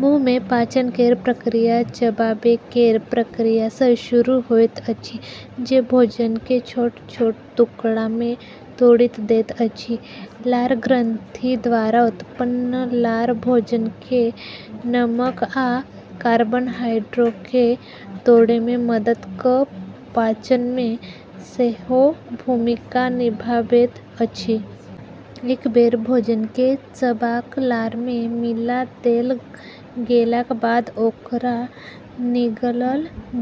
मुँहमे पाचन केर प्रक्रिया चबाबै केर क्रियासँ शुरू होइत अछि, जे भोजनकेँ छोट-छोट टुकड़ामे तोड़ि दैत अछि। लार ग्रंथि द्वारा उत्पन्न लार भोजनकेँ नम कऽ आ कार्बोहाइड्रेटकेँ तोड़ैमे मदद कऽ पाचनमे सेहो भूमिका निभाबैत अछि। एक बेर भोजनकेँ चबा कऽ लारमे मिला देल गेलाक बाद ओकरा निगलल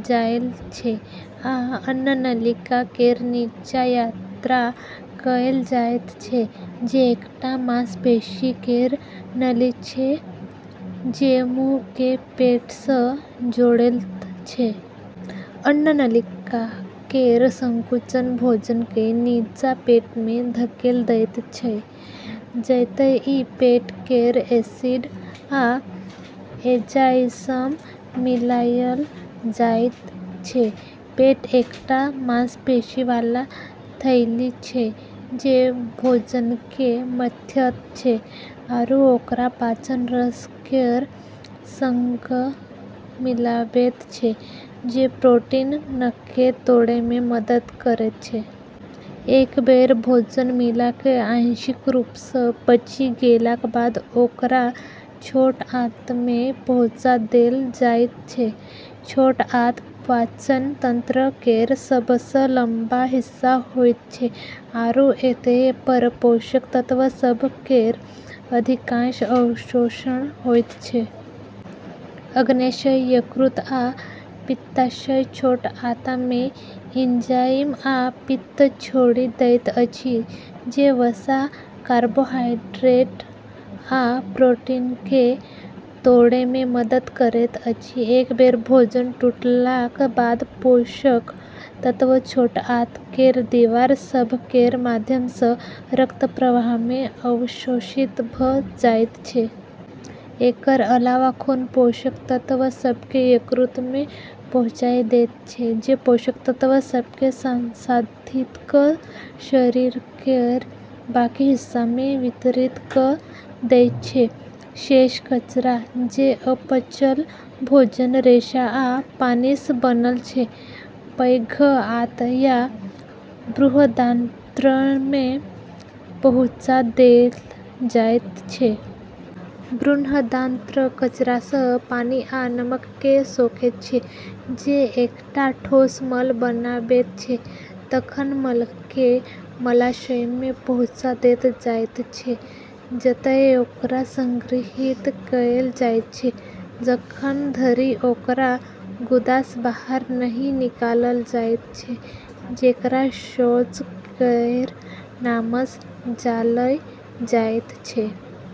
जाइत छै आ अन्ननलिका केर नीचाँ यात्रा कएल जाइत छै, जे एकटा मांसपेशी केर नली छै जे मुँहकेँ पेटसँ जोड़ैत छै। अन्ननलिका केर संकुचन भोजनकेँ नीचाँ पेटमे धकेल दैत छै, जतए ई पेट केर एसिड आ एंजाइमसँ मिलायल जाइत छै। पेट एकटा मांसपेशीवाला थैली छै जे भोजनकेँ मथैत छै आरू ओकरा पाचन रस केर संग मिलाबैत छै जे प्रोटीनकेँ तोड़ैमे मदद करैत छै। एक बेर भोजन मिला कऽ आंशिक रूपसँ पचि गेलाक बाद ओकरा छोट आंतमे पहुँचा देल जाइत छै। छोट आंत पाचन तंत्र केर सबसँ लम्बा हिस्सा होइत छै आरू एतए पर पोषक तत्व सभ केर अधिकांश अवशोषण होइत छै। अग्न्याशय, यकृत आ पित्ताशय छोट आंतमे एंजाइम आ पित्त छोड़ि दैत अछि जे वसा, कार्बोहाइड्रेट आ प्रोटीनकेँ तोड़ैमे मदद करैत अछि। एक बेर भोजन टूटलाक बाद पोषक तत्व छोट आंत केर दीवार सभ केर माध्यमसँ रक्तप्रवाहमे अवशोषित भऽ जाइत छै। एकर अलावा खून पोषक तत्व सभकेँ यकृतमे पहुँचाए दैत छै, जे पोषक तत्व सभकेँ संसाधित कऽ कऽ शरीर केर बाकी हिस्सामे वितरित कऽ दैत छै। शेष कचरा, जे अपचल भोजन, रेशा आ पानीसँ बनल छै, पैघ आंत या बृहदान्त्रमे पहुँचा देल जाइत छै। बृहदान्त्र कचरासँ पानी आ नमककेँ सोखैत छै, जे एकटा ठोस मल बनाबैत छै। तखन मलकेँ मलाशयमे पहुँचा देल जाइत छै, जतए ओकरा संग्रहित कएल जाइत छै, जखन धरि ओकरा गुदासँ बाहर नहि निकालल जाइत छै, जेकरा शौच केर नामसँ जानल जाइत छै।